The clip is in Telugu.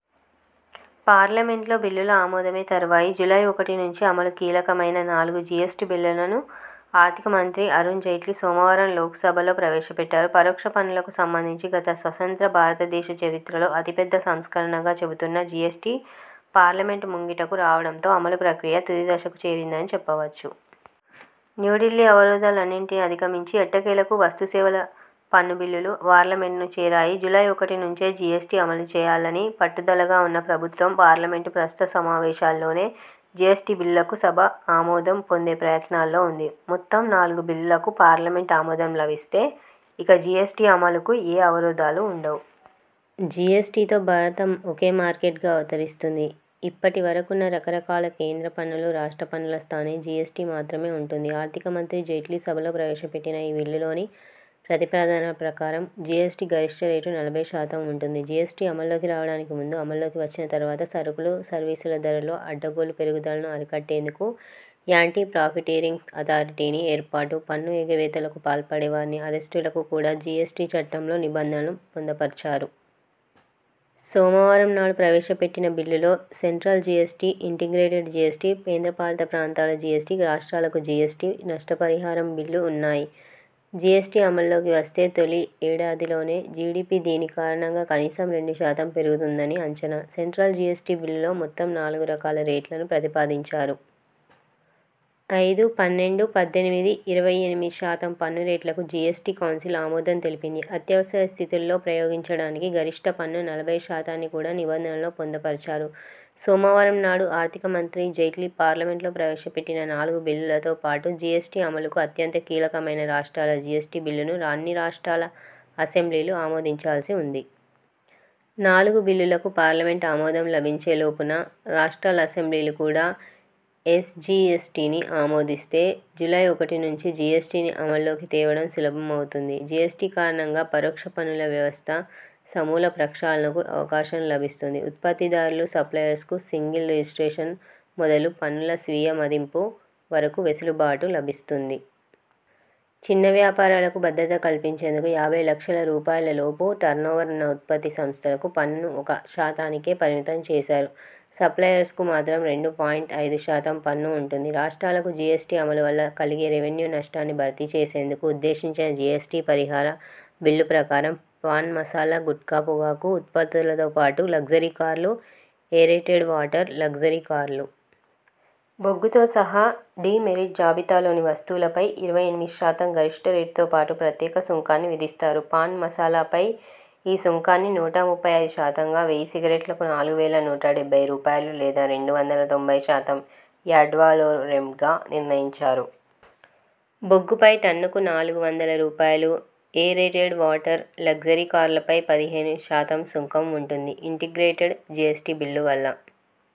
పార్లమెంట్లో బిల్లులు ఆమోదమే తరువాయి జూలై ఒకటి నుంచి అమలు! కీలకమైన నాలుగు జిఎస్టి బిల్లులను ఆర్థికమంత్రి అరుణ్ జైట్లీ సోమవారం లోక్సభలో ప్రవేశపెట్టారు. పరోక్ష పన్నులకు సంబంధించి గత స్వతంత్ర భారతదేశ చరిత్రలో అతి పెద్ద సంస్కరణగా చెబుతున్న జిఎస్టి పార్లమెంట్ ముంగిటకు రావడంతో అమలు ప్రక్రియ తుది దశకు చేరిందని చెప్పవచ్చు. న్యూఢిల్లీ అవరోధాలన్నింటినీ అధిగమించి ఎట్టకేలకు వస్తు సేవల పన్ను బిల్లులు పార్లమెంట్ను చేరాయి. జూలై ఒకటి నుంచే జిఎస్టి అమలు చేయాలని పట్టుదలగా ఉన్న ప్రభుత్వం పార్లమెంట్ ప్రస్తుత సమావేశాల్లోనే జిఎస్టి బిల్లులకు సభ ఆమోదం పొందే ప్రయత్నాల్లో ఉంది. మొత్తం నాలుగు బిల్లులకు పార్లమెంట్ ఆమోదం లభిస్తే ఇక జిఎస్టి అమలుకు ఏ అవరోధాలు ఉండవు. జిఎస్టితో భారత ఒకే మార్కెట్గా అవతరిస్తుంది. ఇప్పటి వరకున్న రకరకాల కేంద్ర పన్నులు, రాష్ట్ర పన్నుల స్థానే జిఎస్టి మాత్రమే ఉంటుంది. ఆర్థిక మంత్రి జైట్లీ సభలో ప్రవేశపెట్టిన ఈ బిల్లుల్లోని ప్రతిపాదనల ప్రకారం జిఎస్టి గరిష్ఠ రేటు నలభై శాతం ఉంటుంది. జిఎస్టి అమల్లోకి రావడానికి ముందు అమల్లోకి వచ్చిన తర్వాత సరుకులు, సర్వీసుల ధరల్లో అడ్డగోలు పెరుగుదలను అరికట్టేందుకు యాంటి ప్రాఫిటీరింగ్ అథార్టీని ఏర్పాటు, పన్ను ఎగవేతలకు పాల్పడేవారిని అరెస్టులకు కూడా జిఎస్టి చట్టంలో నిబంధనలను పొందుపర్చారు. సోమవారం నాడు ప్రవేశపెట్టిన బిల్లుల్లో సెంట్రల్ జిఎస్టి, ఇంటిగ్రేటెడ్ జిఎస్టి, కేంద్రపాలిత ప్రాంతాల జిఎస్టి, రాష్ట్రాలకు జిఎస్టి నష్టపరిహారం బిల్లు ఉన్నాయి. జిఎస్టి అమల్లోకి వస్తే తొలి ఏడాదిలోనే జిడిపి దీనికారణంగా కనీసం రెండు శాతం పెరుగుతుందని అంచనా. సెంట్రల్ జిఎస్టి బిల్లులో మొత్తం నాలుగు రకాల రేట్లను ప్రతిపాదించారు. ఐదు, పన్నెండు, పద్దెనిమిది, ఇరవై ఎనిమిది శాతం పన్ను రేట్లకు జిఎస్టి కౌన్సిల్ ఆమోదం తెలిపింది. అత్యవసర స్థితుల్లో ప్రయోగించడానికి గరిష్ఠ పన్ను నలభై శాతాన్ని కూడా నిబంధనల్లో పొందుపర్చారు. సోమవారం నాడు ఆర్థిక మంత్రి జైట్లీ పార్లమెంట్లో ప్రవేశపెట్టిన నాలుగు బిల్లులతో పాటు జిఎస్టి అమలుకు అత్యంత కీలకమైన రాష్ట్రాల జిఎస్టి బిల్లును అన్ని రాష్ట్రాల అసెంబ్లీలు ఆమోదించాల్సి ఉంది. నాలుగు బిల్లులకు పార్లమెంట్ ఆమోదం లభించే లోపున రాష్ట్రాల అసెంబ్లీలు కూడా ఎస్ జిఎస్టిని ఆమోదిస్తే, జూలై ఒకటి నుంచి జిఎస్టిని అమల్లోకి తేవడం సులభం అవుతుంది. జిఎస్టి కారణంగా పరోక్ష పన్నుల వ్యవస్థ సమూల ప్రక్షాళనకు అవకాశం లభిస్తుంది. ఉత్పత్తిదారులు, సప్లయర్స్ కు సింగిల్ రిజిస్ట్రేషన్ మొదలు పన్నుల స్వీయమదింపు వరకు వెసులుబాటు లభిస్తుంది. చిన్న వ్యాపారాలకు భద్రత కల్పించేందుకు యాభై లక్షల రూపాయల లోపు టర్నోవర్ ను ఉన్న ఉత్పత్తి సంస్థలకు పన్నును ఒక శాతానికే పరిమితం చేశారు. సప్లయర్స్ కు మాత్రం రెండు పాయింట్ ఐదు శాతం పన్ను ఉంటుంది. రాష్ట్రాలకు జిఎస్టి అమలు వల్ల కలగే రెవెన్యూ నష్టాన్ని భర్తీ చేసేందుకు ఉద్దేశించిన జిఎస్టి పరిహార బిల్లు ప్రకారం, పాన్ మసాలా, గుట్కా, పొగాకు ఉత్పత్తులతో పాటు లగ్జరీ కార్లు, ఏరేటెడ్ వాటర్, లగ్జరీ కార్లు. బొగ్గుతో సహా డీమెరిట్ జాబితాలోని వస్తువులపై ఇరవై ఎనిమిది శాతం గరిష్ఠ రేటుతో పాటు ప్రత్యేక సుంకాన్ని విధిస్తారు. పాన్ మసాలాపై ఈ సుంకాన్ని నూట ముప్పై ఐదు శాతంగా, వెయ్యి సిగరెట్లకు నాలుగు వేల నూట డెబ్బై రూపాయలు లేదా రెండు వందల తొంభై శాతం యాడ్వాలొరెమ్గా నిర్ణయించారు. బొగ్గుపై టన్నుకు నాలుగు వందల రూపాయలు, ఏ రేటెడ్ వాటర్, లగ్జరీ కార్లపై పదిహేను శాతం సుంకం ఉంటుంది. ఇంటిగ్రేటెడ్ జిఎస్టి బిల్లు వల్ల,